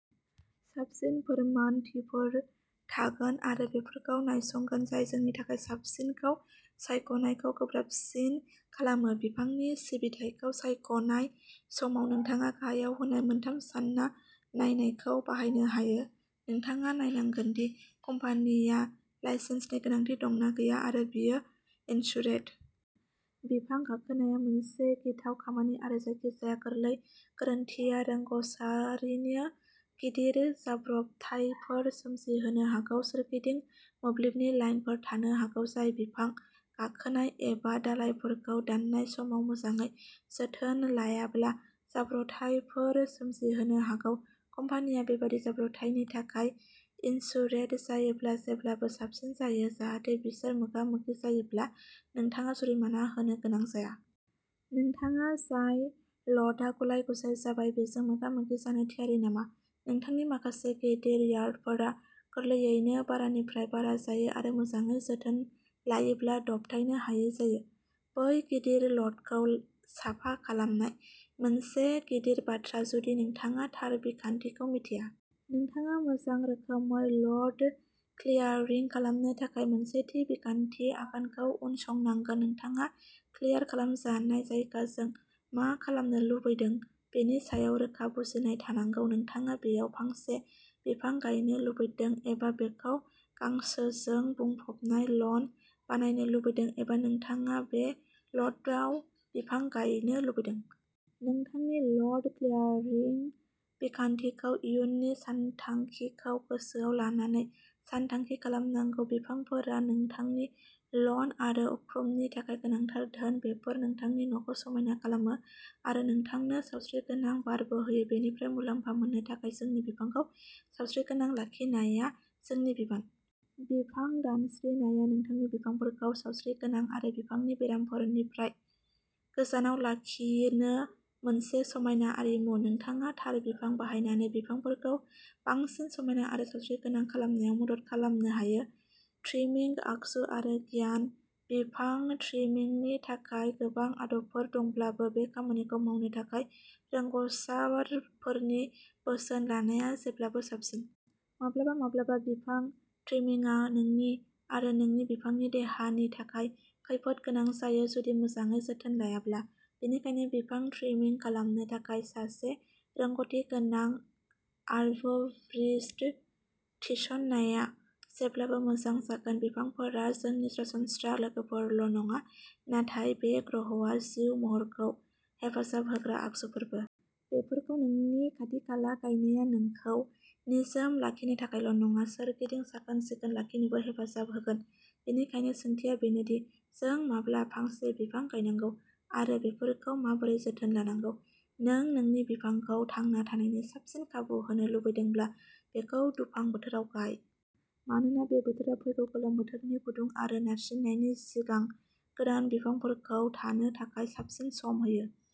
साबसिन फोरमानथिफोर थागोन आरो बेफोरखौ नायसंगोन, जाय जोंनि थाखाय साबसिनखौ सायख'नायखौ गोब्राबसिन खालामो। बिफांनि सिबिथाइखौ सायख'नाय समाव नोंथाङा गाहायाव होनाय मोनथाम सान्ना नायनायखौ बाहायनो हायो। नोंथाङा नायनांगोन दि कम्पानिया लाइसेन्सनि गोनांथि दं ना गैया आरो बियो इन्सुरेद। बिफां गाखोनाया मोनसे गिथाव खामानि आरो जायखिजाया गोरलै गोरोन्थिआ रोंग'सारिनो गिदिर जाब्रबथायफोर सोमजिहोनो हागौ। सोरगिदिं मोब्लिबनि लाइनफोर थानो हागौ, जाय बिफां गाखोनाय एबा दालाइफोरखौ दाननाय समाव मोजाङै जोथोन लायाब्ला जाब्रबथायफोर सोमजिहोनो हागौ। कम्पानिया बेबादि जाब्रबथायनि थाखाय इन्सुरेद जायोब्ला जेब्लाबो साबसिन जायो, जाहाथे बिसोर मोगा-मोगि जायोब्ला नोंथाङा जुरिमाना होनो गोनां जाया। नोंथाङा जाय ल'टआ गुलाय-गुजाय जाबाय, बेजों मोगा-मोगि जानो थियारि नामा? नोंथांनि माखासे गिदिर यार्डफोरा गोरलैयैनो बारानिफ्राय बारा जायो आरो मोजाङै जोथोन लायोब्ला दबथायनो हायै जायो। बै गिदिर ल'टखौ साफा खालामनाय। मोनसे गिदिर बाथ्रा, जुदि नोंथाङा थार बिखान्थिखौ मिथिया। नोंथाङा मोजां रोखोमै ल'ट क्लियारिं खालामनो थाखाय मोनसे थि बिखान्थिनि आगानखौ उनसंनांगोन। नोंथाङा क्लियार खालामजानाय जायगाजों मा खालामनो लुबैदों बेनि सायाव रोखा बुजिनाय थानांगौ। नोंथाङा बेयाव फांसे बिफां गायनो लुबैदों एबा बेखौ गांसोजों बुंफबनाय लन बानायनो लुबैदों एबा नोंथाङा बे ल'टआव बिफां गायनो लुबैदों। नोंथांनि ल'ट क्लियारिं बिखान्थिखौ इयुननि सानथांखिखौ गोसोआव लानानै सानथांखि खालामनांगौ। बिफांफोरा नोंथांनि लन आरो उखुमनि थाखाय गोनांथार धोन। बेफोर नोंथांनि न'खौ समायना खालामो आरो नोंथांनो सावस्रिगोनां बारबो होयो। बेनिफ्राय मुलाम्फा मोननो थाखाय जोंनि बिफांखौ सावस्रिगोनां लाखिनाया जोंनि बिबान। बिफां दानस्रिनाया नोंथांनि बिफांफोरखौ सावस्रिगोनां आरो बिफांनि बेरामफोरनिफ्राय गोजानाव लाखिनो मोनसे समायना आरिमु। नोंथाङा थार बिफां बाहायनानै बिफांफोरखौ बांसिन समायना आरो सावस्रिगोनां खालामनायाव मदद खालामनो हायो। ट्रिमिंग आगजु आरो गियान। बिफां ट्रिमिंगनि थाखाय गोबां आदबफोर दंब्लाबो, बे खामानिखौ मावनो थाखाय रोंग'सारफोरनि बोसोन लानाया जेब्लाबो साबसिन। माब्लाबा-माब्लाबा, बिफां ट्रिमिंगआ नोंनि आरो नोंनि बिफांनि देहानि थाखाय खैफोद गोनां जायो जुदि मोजाङै जोथोन लायाब्ला, बेनिखायनो बिफां ट्रिमिंग खालामनो थाखाय सासे रोंग'थि गोनां आरबरिस्ट थिसननाया जेब्लाबो मोजां जागोन। बिफांफोरा जोंनि सरासनस्रा लोगोफोरल' नङा, नाथाय बे ग्रहआव जिउ महरखौ हेफाजाब होग्रा आगजुफोरबो। बेफोरखौ नोंनि खाथिखाला गायनाया नोंखौ निजोम लाखिनो थाखायल' नङा, सोरगिदिं साखोन-सिखोन लाखिनोबो हेफाजाब होगोन। बेनिखायनो, सोंथिया बेनो दि, जों माब्ला फांसे बिफां गायनांगौ आरो बेफोरखौ माबोरै जोथोन लानांगौ। नों नोंनि बिफांखौ थांना थानायनि साबसिन खाबु होनो लुबैदोंब्ला, बेखौ दुफां बोथोराव गाय। मानोना बे बोथोरा फैगौ गोलोम बोथोरनि गुदुं आरो नारसिननायनि सिगां गोदान बिफांफोरखौ थानो थाखाय साबसिन सम होयो।